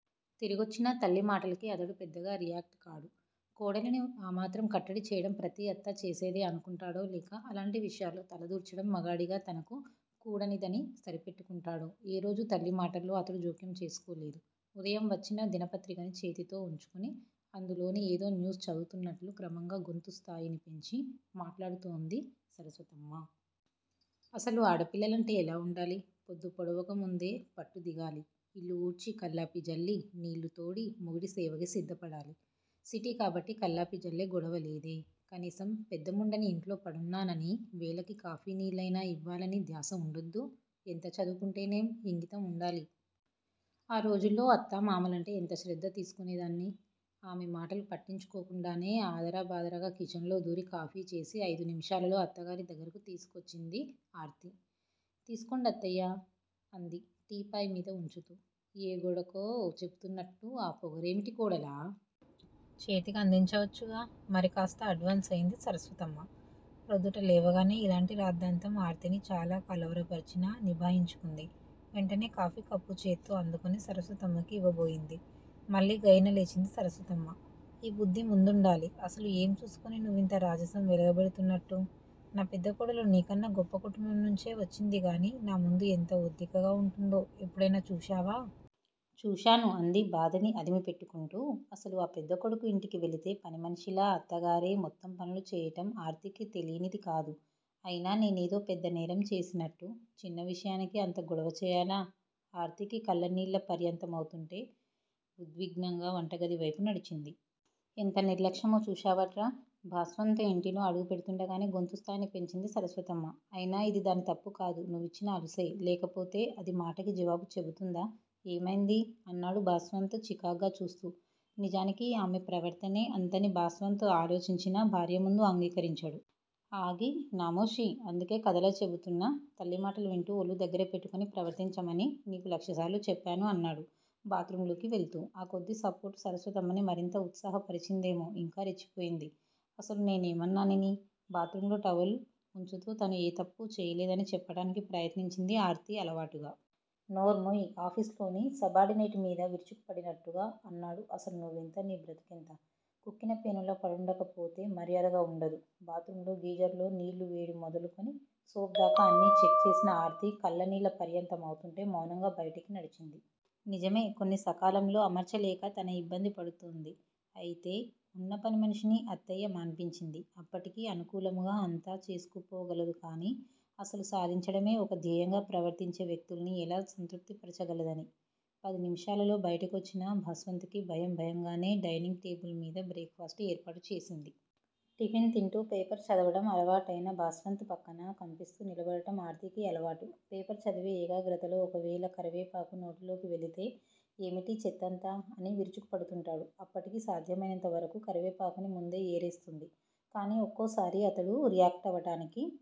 తిరిగొచ్చినా తల్లి మాటలకి అతడు పెద్దగా రియాక్ట్. కాడు. కోడలిని ఆమాత్రం కట్టడి చేయడం ప్రతి అత్తా చేసేదే అనుకుంటాడో లేక అలాంటి విషయాల్లో తలదూర్చడం మగాడిగా తనకు కూడనిదని సరిపెట్టుకుంటాడో ఏ రోజూ తల్లి మాటల్లో అతడు జోక్యం చేసుకోలేదు. ఉదయం వచ్చిన దినపత్రికని చేతితో ఉంచుకుని అందులోని ఏదో న్యూస్ చదువుతున్నట్లు క్రమంగా గొంతు స్థాయిని పెంచి మాట్లాడుతూంది సరస్వతమ్మా. అసలు ఆడపిల్లలంటే ఎలా వుండాలి? పొద్దు పొడవకముందే పట్టు దిగాలి. ఇల్లు ఊడ్చి, కళ్ళాపి జల్లి, నీళ్ళూ తోడి మొగుడి సేవకి సిద్ధపడాలి. సిటీ కాబట్టి కాళ్ళాపి జల్లే గొడవలేదే, కనీసం పెద్దముండని ఇంట్లో పడున్నాననీ, వేళకి కాఫీ నీళ్ళయినా ఇవ్వాలనీ ధ్యాస ఉండొద్దూ. ఎంత చదువుకుంటేనేం ఇంగితం వుండాలి. ఆ రోజుల్లో అత్తా, మామలంటే ఎంత శ్రద్ధ తీసుకునేదాన్ని ఆమె మాటలు పట్టించుకోకుండానే ఆదరబాదరాగా కిచెన్ లో దూరి కాఫీ చేసి అయిదు నిమిషాలలో అత్తగారి దగ్గరకు తీసుకొచ్చింది ఆర్తి. తీసుకోండత్తయ్యా అంది టీపాయ్ మీద వుంచుతూ. ఏ గోడకో చెబుతున్నట్టు ఆ పొగరేమిటి కోడలా! చేతికందించవచ్చుగా? మరికాస్త అడ్వాన్సయింది సరస్వతమ్మ. ప్రొద్దుట లేవగానే ఇలాంటి రాద్ధాంతం ఆర్తిని చాలా కలవరపరిచినా నిభాయించుకుంది. వెంటనే కాఫీ కప్పుచేత్తో అందుకుని సరస్వతమ్మకి యివ్వబోయింది. మళ్ళీ గయ్యి న లేచింది సరస్వతమ్మ. ఈబుద్ది ముందుండాలే. అసలు ఏం చూసుకుని నువ్వింత రాజసం వెలగబెడుతున్నట్టు? నా పెద్ద కోడలు నీకన్నా గొప్ప కుటుంబం నుంచే వచ్చిందిగాని నా ముందు ఎంత ఒద్దికగా వుంటుందో ఎప్పుడయినా చూశావా? చూశాను అంది బాధని అదిమి పెట్టుకుంటూ. ఆసలు ఆ పెద్ద కొడుకు ఇంటికి వెళితే పనిమనిషిలా అత్తగారే మొత్తం పనులు చేయటం ఆర్తికి తెలీనిది కాదు. అయినా నేనేదో పెద్ద నేరం చేసినట్టు చిన్న విషయానికి ఇంత గొడవ చేయాలా? ఆర్తికి కళ్ళనీళ్ల పర్యంతమౌతుంటే వుద్విగ్నంగా వంటగది వైపు నడించింది. ఎంత నిర్లక్ష్యమో చూశావట్రా? భాస్వంత్ ఇంటిలో అడుగుపెటుతుండగానే గొంతు స్థాయిని పెంచింది సరస్వతమ్మ. అయినా ఇది దాని తప్పు కాదు నువ్విచ్చిన అలుసే. లేకపోతే అది మాటకి జవాబు చెబుతుందా? ఏమైంది? అన్నాడు భాస్వంత్ చికాగ్గా చూస్తూ. నిజానికి ఆమె ప్రవర్తనే అంతని భాస్వంత్ ఆలోచించినా భార్యముందు అంగీకరించడు. ఆగి నామోషీ. అందుకే కథలా చెబుతున్న తల్లి మాటలు వింటూ ఒళ్ళు దగ్గరపెట్టుకుని ప్రవర్తించమని నీకు లక్షసార్లు చెప్పాను అన్నాడు బాత్ రూంలోకి వెళుతూ. ఆ కొద్ది సపోర్ట్ సరస్వతమ్మని మరింత ఉత్సాహపరిచిందేమో ఇంకా రెచ్చిపోయింది. అసలు నేనేమన్నానని? బాత్ రూంలో టవల్ వుంచుతూ తను ఏ తప్ప్పూ చేయలేదని చెప్పటానికి ప్రయత్నించింది ఆర్తి అలవాటుగా. నోర్ముయ్! ఆఫీసులోని సబార్డినేట్ మీద విరుచుకుపడినట్టుగా అన్నాడు అసలు నువ్వెంత నీ బ్రతుకెంత? కుక్కిన పేనులా పడుండకపోతే మర్యాదగా వుండదు. బాత్ రూంలో గీజర్ లో నీళ్ళూ వేడి మొదలుకుని సోప్ దాకా అన్నీ చెక్ చేసిన ఆర్తి కళ్ళనీళ్ళ పర్యంతమవుతుంటే మౌనంగా బయటికి నడిచింది. నిజమే! కొన్ని సకాలంలో అమర్చలేక తన ఇబ్బంది పడుతూంది. అయితే ఉన్న పనిమనిషినీ అత్తయ్య మాన్పించింది. అప్పటికీ అనుకూలముగా అంతా చేసుకుపోగలదుకాని అసలు సాధించడమే ఒక ధ్యేయంగా ప్రవర్తించే వ్యక్తుల్ని ఎలా సంతృప్తి పరచగలదని. పది నిమిషాలలో బయటకొచ్చిన భాస్వంత్ కి భయం భయంగానే డైనింగ్ టేబుల్ మీద భ్రేక్ ఫాస్ట్ ఏర్పాటు చేసింది. టిఫిన్ తింటూ పేపర్ చదవడం అలవాటయిన భాస్వంత్ పక్కన కంపిస్తూ నిలబడటం ఆర్తికి అలవాటు. పేపర్ చదివే ఏకగ్రతలోఒకవేళ కరివేపాకు నోటిలోకి వెళితే 'ఏమిటీ చెత్తంతా? ' అని విరుచుకుపడుతుంటాడు. అప్పటికీ సాధ్యమైనంత వరకూ కరివేపాకుని ముందే ఏరేస్తుంది. కానీ ఒక్కోసారి అతడు రియాక్టవటానికి